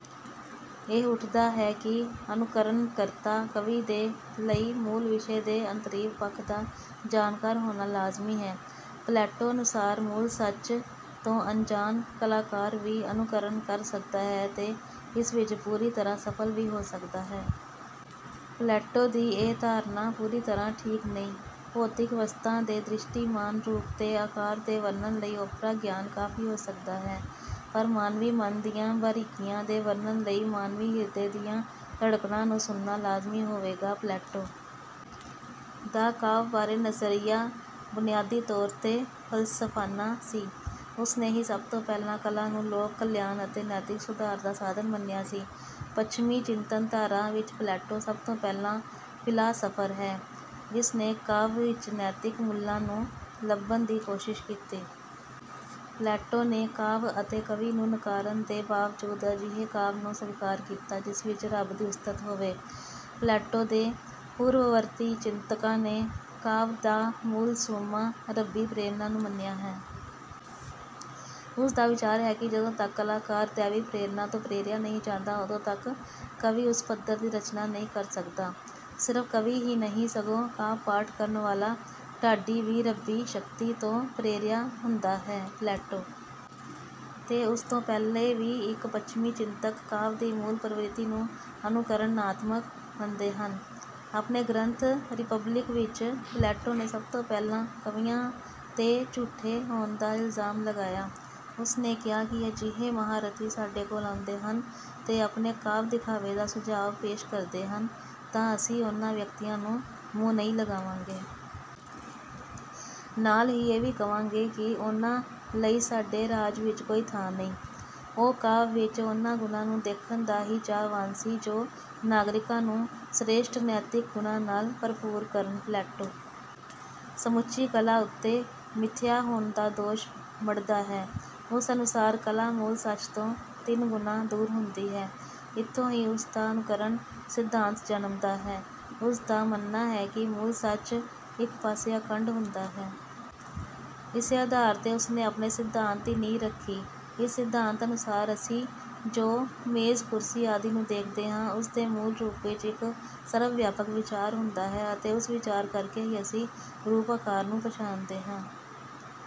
ਇਹ ਉੱਠਦਾ ਹੈ ਕਿ ਅਨੁਕਰਣਕਰਤਾ ਕਵੀ ਦੇ ਲਈ ਮੂਲ ਵਿਸ਼ੇ ਦੇ ਅੰਤਰੀਵ ਪੱਖ ਦਾ ਜਾਣਕਾਰ ਹੋਣਾ ਲਾਜ਼ਮੀ ਹੈ। ਪਲੈਟੋ ਅਨੁਸਾਰ ਮੂਲ ਸੱਚ ਤੋਂ ਅਣਜਾਣ ਕਲਾਕਾਰ ਵੀ ਅਨੁਕਰਣ ਕਰ ਸਕਦਾ ਹੈ ਤੇ ਇਸ ਵਿੱਚ ਪੂਰੀ ਤਰ੍ਹਾਂ ਸਫ਼ਲ ਵੀ ਹੋ ਸਕਦਾ ਹੈ। ਪਲੈਟੋ ਦੀ ਇਹ ਧਾਰਨਾ ਪੂਰੀ ਤਰ੍ਹਾਂ ਠੀਕ ਨਹੀਂ। ਭੌਤਿਕ ਵਸਤਾਂ ਦੇ ਦ੍ਰਿਸ਼ਟੀਮਾਨ ਰੂਪ ਤੇ ਆਕਾਰ ਦੇ ਵਰਣਨ ਲਈ ਓਪਰਾ ਗਿਆਨ ਕਾਫੀ ਹੋ ਸਕਦਾ ਹੈ, ਪਰ ਮਾਨਵੀ ਮਨ ਦੀਆਂ ਬਾਰੀਕੀਆਂ ਦੇ ਵਰਣਨ ਲਈ ਮਾਨਵੀ ਹਿਰਦੇ ਦੀਆਂ ਧੜਕਣਾਂ ਨੂੰ ਸੁਣਨਾ ਲਾਜ਼ਮੀ ਹੋਵੇਗਾ। ਪਲੈਟੋ ਦਾ ਕਾਵਿ ਬਾਰੇ ਨਜ਼ਰੀਆ ਬੁਨਿਆਦੀ ਤੌਰ 'ਤੇ ਫ਼ਲਸਫ਼ਾਨਾ ਸੀ। ਉਸ ਨੇ ਹੀ ਸਭ ਤੋਂ ਪਹਿਲਾਂ ਕਲਾ ਨੂੰ ਲੋਕ ਕਲਿਆਣ ਅਤੇ ਨੈਤਿਕ ਸੁਧਾਰ ਦਾ ਸਾਧਨ ਮੰਨਿਆ ਸੀ। ਪੱਛਮੀ ਚਿੰਤਨ ਧਾਰਾ ਵਿੱਚ ਪਲੈਟੋ ਸਭ ਤੋਂ ਪਹਿਲਾਂ ਫ਼ਿਲਾਸਫਰ ਹੈ, ਜਿਸ ਨੇ ਕਾਵਿ ਵਿੱਚ ਨੈਤਿਕ ਮੁੱਲਾਂ ਨੂੰ ਲੱਭਣ ਦੀ ਕੋਸ਼ਿਸ਼ ਕੀਤੀ। ਪਲੈਟੋ ਨੇ ਕਾਵਿ ਅਤੇ ਕਵੀ ਨੂੰ ਨਕਾਰਨ ਦੇ ਬਾਵਜੂਦ ਅਜਿਹੇ ਕਾਵਿ ਨੂੰ ਸਵੀਕਾਰ ਕੀਤਾ ਜਿਸ ਵਿੱਚ ਰੱਬ ਦੀ ਉਸਤਤ ਹੋਵੇ। ਪਲੈਟੋ ਦੇ ਪੂਰਵਵਰਤੀ ਚਿੰਤਕਾਂ ਨੇ ਕਾਵਿ ਦਾ ਮੂਲ ਸੋਮਾ ਰੱਬੀ ਪ੍ਰੇਰਣਾ ਨੂੰ ਮੰਨਿਆ ਹੈ। ਉਸ ਦਾ ਵਿਚਾਰ ਹੈ ਕਿ ਜਦੋਂ ਤੱਕ ਕਲਾਕਾਰ ਦੈਵੀ ਪ੍ਰੇਰਣਾ ਤੋਂ ਪ੍ਰੇਰਿਆ ਨਹੀਂ ਜਾਂਦਾ, ਉਦੋਂ ਤੱਕ ਕਵੀ ਉੱਚ ਪੱਧਰ ਦੀ ਰਚਨਾ ਨਹੀਂ ਕਰ ਸਕਦਾ। ਸਿਰਫ਼ ਕਵੀ ਹੀ ਨਹੀਂ, ਸਗੋਂ ਕਾਵਿ-ਪਾਠ ਕਰਨ ਵਾਲਾ ਢਾਡੀ ਵੀ ਰੱਬੀ ਸ਼ਕਤੀ ਤੋਂ ਪ੍ਰੇਰਿਆ ਹੁੰਦਾ ਹੈ। ਪਲੈਟੋ ਤੇ ਉਸ ਤੋਂ ਪਹਿਲੇ ਵੀ ਇੱਕ ਪੱਛਮੀ ਚਿੰਤਕ ਕਾਵਿ ਦੀ ਮੂਲ ਪ੍ਰਵਿਰਤੀ ਨੂੰ ਅਨੁਕਰਣਾਤਮਕ ਮੰਨਦੇ ਹਨ। ਆਪਣੇ ਗ੍ਰੰਥ 'ਰੀਪਬਲਿਕ' ਵਿੱਚ ਪਲੈਟੋ ਨੇ ਸਭ ਤੋਂ ਪਹਿਲਾਂ ਕਵੀਆਂ 'ਤੇ ਝੂਠੇ ਹੋਣ ਦਾ ਇਲਜ਼ਾਮ ਲਗਾਇਆ। ਉਸ ਨੇ ਕਿਹਾ ਕਿ ਜੇ ਅਜਿਹੇ ਮਹਾਰਥੀ ਸਾਡੇ ਕੋਲ ਆਉਂਦੇ ਹਨ ਤੇ ਆਪਣੇ ਕਾਵਿ ਦਿਖਾਵੇ ਦਾ ਸੁਝਾਅ ਪੇਸ਼ ਕਰਦੇ ਹਨ ਤਾਂ ਅਸੀਂ ਉਨ੍ਹਾਂ ਵਿਅਕਤੀਆਂ ਨੂੰ ਮੂੰਹ ਨਹੀਂ ਲਗਾਵਾਂਗੇ। ਨਾਲ ਹੀ ਇਹ ਵੀ ਕਹਾਂਗੇ ਕਿ ਉਨ੍ਹਾਂ ਲਈ ਸਾਡੇ ਰਾਜ ਵਿੱਚ ਕੋਈ ਥਾਂ ਨਹੀਂ। ਉਹ ਕਾਵਿ ਵਿੱਚ ਉਨ੍ਹਾਂ ਗੁਣਾਂ ਨੂੰ ਦੇਖਣ ਦਾ ਹੀ ਚਾਹਵਾਨ ਸੀ ਜੋ ਨਾਗਰਿਕਾਂ ਨੂੰ ਸ੍ਰੇਸ਼ਟ ਨੈਤਿਕ ਗੁਣਾਂ ਨਾਲ ਭਰਪੂਰ ਕਰਨ। ਪਲੈਟੋ ਸਮੁੱਚੀ ਕਲਾ ਉੱਤੇ ਮਿੱਥਿਆ ਹੋਣ ਦਾ ਦੋਸ਼ ਮੜ੍ਹਦਾ ਹੈ। ਉਸ ਅਨੁਸਾਰ ਕਲਾ ਮੂਲ ਸੱਚ ਤੋਂ ਤਿੰਨ ਗੁਣਾ ਦੂਰ ਹੁੰਦੀ ਹੈ। ਇੱਥੋਂ ਹੀ ਉਸ ਦਾ ਅਨੁਕਰਨ ਸਿਧਾਂਤ ਜਨਮਦਾ ਹੈ। ਉਸ ਦਾ ਮੰਨਣਾ ਹੈ ਕਿ ਮੂਲ ਸੱਚ ਇੱਕ ਪਾਸੇ ਅਖੰਡ ਹੁੰਦਾ ਹੈ। ਇਸੇ ਆਧਾਰ 'ਤੇ ਉਸ ਨੇ ਆਪਣੇ ਸਿਧਾਂਤ ਦੀ ਨੀਂਹ ਰੱਖੀ। ਇਸ ਸਿਧਾਂਤ ਅਨੁਸਾਰ ਅਸੀਂ ਜੋ ਮੇਜ਼, ਕੁਰਸੀ ਆਦਿ ਨੂੰ ਦੇਖਦੇ ਹਾਂ, ਉਸ ਦੇ ਮੂਲ ਰੂਪ ਵਿੱਚ ਇੱਕ ਸਰਬ-ਵਿਆਪਕ ਵਿਚਾਰ ਹੁੰਦਾ ਹੈ ਅਤੇ ਉਸ ਵਿਚਾਰ ਕਰਕੇ ਹੀ ਅਸੀਂ ਰੂਪ-ਆਕਾਰ ਨੂੰ ਪਛਾਣਦੇ ਹਾਂ।